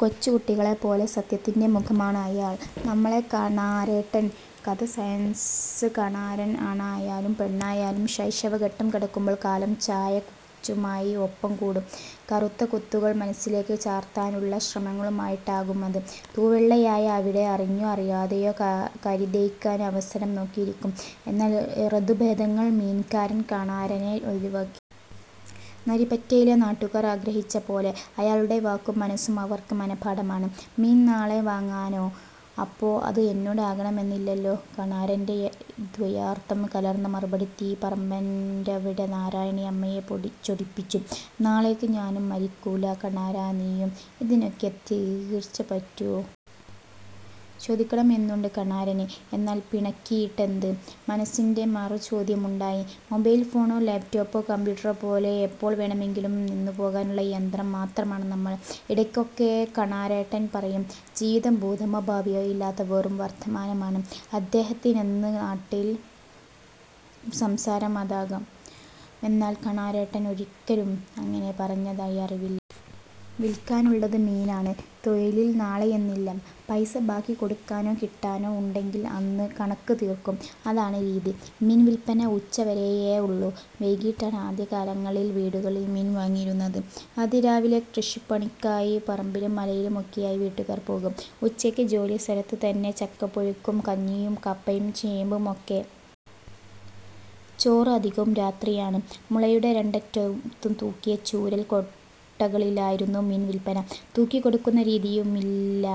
'കൊച്ചുകുട്ടികളെപ്പോലെ സത്യത്തിന്റെ മുഖമാണ് അയാൾ; നമ്മളെ കണാരേട്ടൻ... ' കഥ സയൻസ് കണാരൻ ആണായാലും പെണ്ണായാലും ശൈശവഘട്ടം കടക്കുമ്പോൾ കാലം ചായക്കുച്ചുമായി ഒപ്പം കൂടും. കറുത്ത കുത്തുകൾ മനസ്സിലേക്ക് ചാർത്താനുള്ള ശ്രമങ്ങളുമായിട്ടാകുമത്. തൂവെള്ളയായ അവിടെ അറിഞ്ഞോ അറിയാതെയോ കരിതേയ്ക്കാൻ അവസരം നോക്കിയിരിക്കും. എന്നാൽ ഋതുഭേദങ്ങൾ മീൻകാരൻ കണാരനെ ഒഴിവാക്കി. നരിപ്പറ്റയിലെ നാട്ടുകാർ ആഗ്രഹിച്ചപോലെ. അയാളുടെ വാക്കും മനസ്സും അവർക്ക് മനഃപാഠമാണ്. 'മീന് നാളെ വാങ്ങാന്നോ? അപ്പോ അത് എന്നോട് ആകണമെന്നില്ലല്ലോ. ' കണാരന്റെ ദ്വയാർത്ഥം കലർന്ന മറുപടി തീപറമ്പന്റവിട നാരായണി അമ്മയെ ചൊടിപ്പിച്ചു. 'നാളേക്ക് ഞാനും മരിക്കൂല്ല കണാരാ നീയും'. 'ഇതിനൊക്കെ തീർച്ച പറ്റ്വോ? '. ചോദിക്കണമെന്നുണ്ട് കണാരന്. 'എന്നാൽ പിണക്കിയിട്ടെന്ത്? '. മനസ്സിന്റെ മറുചോദ്യമുണ്ടായി. 'മൊബൈൽ ഫോണോ ലാപ്ടോപ്പോ കമ്പ്യൂട്ടറോ പോലെ എപ്പോൾ വേണമെങ്കിലും നിന്നുപോകാനുള്ള യന്ത്രം മാത്രമാണ് നമ്മൾ..... ' ഇടയ്ക്കൊക്കെ കണാരേട്ടൻ പറയും. ജീവിതം ഭൂതമോ ഭാവിയോ ഇല്ലാത്ത വെറും വർത്തമാനമാണ് അദ്ദേഹത്തിനെന്ന് നാട്ടിൽ സംസാരം അതാകാം. എന്നാൽ കണാരേട്ടൻ ഒരിക്കലും അങ്ങനെ പറഞ്ഞതായി അറിവില്ല. 'വിൽക്കാനുള്ളത് മീനാണ്. തൊഴിലിൽ നാളെയെന്നില്ല'. പൈസ ബാക്കി കൊടുക്കാനോ കിട്ടാനോ ഉണ്ടെങ്കിൽ അന്ന് കണക്ക് തീർക്കും. അതാണ് രീതി. മീൻ വിൽപ്പന ഉച്ചവരെയേ ഉള്ളൂ. വൈകീട്ടാണ് ആദ്യകാലങ്ങളിൽ വീടുകളിൽ മീൻ വാങ്ങിയിരുന്നത്. അതിരാവിലെ കൃഷിപ്പണിക്കായി പറമ്പിലും മലയിലും ഒക്കെയായി വീട്ടുകാർ പോകും. ഉച്ചയ്ക്ക് ജോലി സ്ഥലത്ത് തന്നെ ചക്കപ്പുഴുക്കും കഞ്ഞിയും കപ്പയും ചേമ്പുമൊക്കെ. ചോറ് അധികവും രാത്രിയാണ്. മുളയുടെ രണ്ടറ്റത്തും തൂക്കിയ ചൂരൽ കൊട്ടകളിലായിരുന്നു മീൻ വിൽപ്പന. തൂക്കി കൊടുക്കുന്ന രീതിയുമില്ല.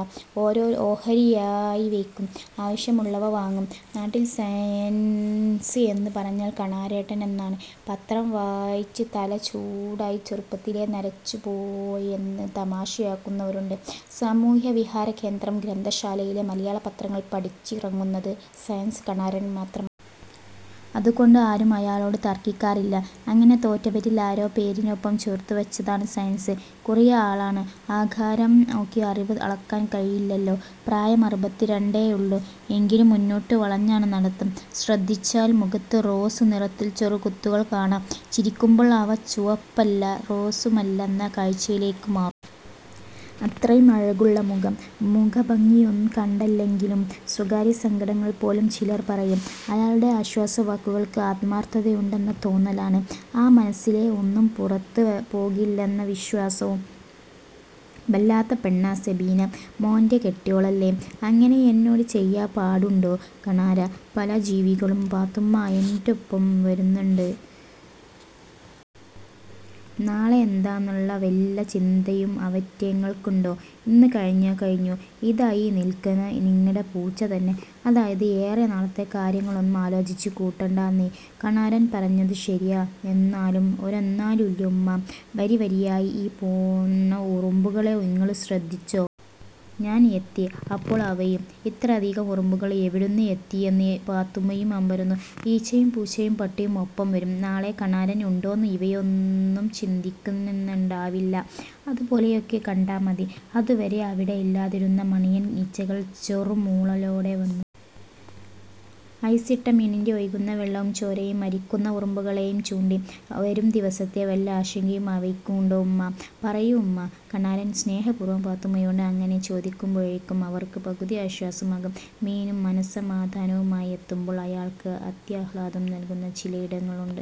ഓരോ ഓഹരിയായി വയ്ക്കും. ആവശ്യമുള്ളവ വാങ്ങും. നാട്ടിൽ സയൻസ് എന്ന് പറഞ്ഞാൽ കണാരേട്ടനെന്നാണ്. പത്രം വായിച്ച് തല ചൂടായി ചെറുപ്പത്തിലേ നരച്ചുപോയെന്ന് തമാശയാക്കുന്നവരുണ്ട്. സമൂഹ്യവിഹാരകേന്ദ്രം ഗ്രന്ഥശാലയിലെ മലയാള പത്രങ്ങൾ പഠിച്ചിറങ്ങുന്നത് 'സയൻസ്' കണാരൻ മാത്രമാണ്. അതുകൊണ്ട് ആരും അയാളോട് തർക്കിക്കാറില്ല. അങ്ങനെ തോറ്റവരിൽ ആരോ പേരിനൊപ്പം ചേർത്തുവച്ചതാണ് സയൻസ്. കുറിയ ആളാണ്. ആകാരം നോക്കി അറിവ് അളക്കാൻ കഴിയില്ലല്ലോ!. പ്രായം അറുപത്തിരണ്ടേയുള്ളൂ. എങ്കിലും മുന്നോട്ട് വളഞ്ഞാണ് നടത്തം. ശ്രദ്ധിച്ചാൽ മുഖത്ത് റോസ് നിറത്തിൽ ചെറുകുത്തുകൾ കാണാം. ചിരിക്കുമ്പോൾ അവ ചുവപ്പല്ല റോസുമല്ലെന്ന കാഴ്ചയിലേക്ക് മാറും. അത്രയും അഴകുള്ള മുഖം. മുഖഭംഗിയൊന്നും കണ്ടല്ലെങ്കിലും സ്വകാര്യസങ്കടങ്ങൾ പോലും ചിലർ പറയും. അയാളുടെ ആശ്വാസവാക്കുകൾക്ക് ആത്മാർത്ഥതയുണ്ടെന്ന തോന്നലാണ്. ആ മനസ്സിലെ ഒന്നും പുറത്ത് പോകില്ലെന്ന വിശ്വാസവും. 'ബല്ലാത്ത പെണ്ണാ സബീന. മോന്റെ കെട്ട്വോളല്ലേ? ്അങ്ങനെ എന്നോട് ചെയ്യാ പാടുണ്ടോ കണാരാ? '. 'പല ജീവികളും പാത്തുമ്മാ എന്റൊപ്പം വര്ന്ന്ണ്ട്. നാളെ എന്താന്ന്ള്ള വല്ല ചിന്തയും അവറ്റേങ്ങൾക്ക്ണ്ടോ?. ഇന്ന് കഴിഞ്ഞാ കഴിഞ്ഞു. ഇതാ ഈ നിൽക്ക്ന്ന നിങ്ങള്ടെ പൂച്ച തന്നെ. അതായത് ഏറെ നാളത്തെ കാര്യങ്ങളൊന്നും ആലോചിച്ച് കൂട്ടണ്ടാന്ന്'. 'കണാരൻ പറഞ്ഞത് ശര്യാ..... എന്നാലും.... ' 'ഒരെന്നാലുല്ല്യ.... ഉമ്മാ, വരിവരിയായി ഈ പോന്ന ഉറുമ്പുകളെ ഇങ്ങള് ശ്രദ്ധിച്ചോ?. ഞാൻ എത്തി അപ്പോൾ അവയും..... ' ഇത്രയധികം ഉറുമ്പുകൾ എവിടുന്ന് എത്തിയെന്ന് പാത്തുമ്മയും അമ്പരന്നു!. '... ഈച്ചയും പൂച്ചയും പട്ടിയും ഒപ്പം വരും. നാളെ കണാരൻ ഉണ്ടോന്ന് ഇവയൊന്നും ചിന്തിക്ക്ന്നേണ്ടാവില്ല്യ. ്അത് പോലെയൊക്കെ കണ്ടാ മതി.... ' അതുവരെ അവിടെ ഇല്ലാതിരുന്ന മണിയൻ ഈച്ചകൾ ചെറുമൂളലോടെ വന്നു. ഐസിട്ട മീനിന്റെ ഒഴുകുന്ന വെള്ളവും ചോരയും അരിക്കുന്ന ഉറുമ്പുകളെയും ചൂണ്ടി: 'വരും ദിവസത്തെ വല്ല ആശങ്കയും അവയ്ക്കുണ്ടോ ഉമ്മാ.... പറയൂ ഉമ്മാ'. കണാരൻ സ്നേഹപൂർവ്വം പാത്തുമ്മയോട് അങ്ങനെ ചോദിക്കുമ്പോഴെയ്ക്കും അവർക്ക് പകുതി ആശ്വാസമാകും. മീനും മനസമാധാനവുമായി എത്തുമ്പോൾ അയാൾക്ക് അത്യാഹ്ളാദം നൽകുന്ന ചിലയിടങ്ങളുണ്ട്.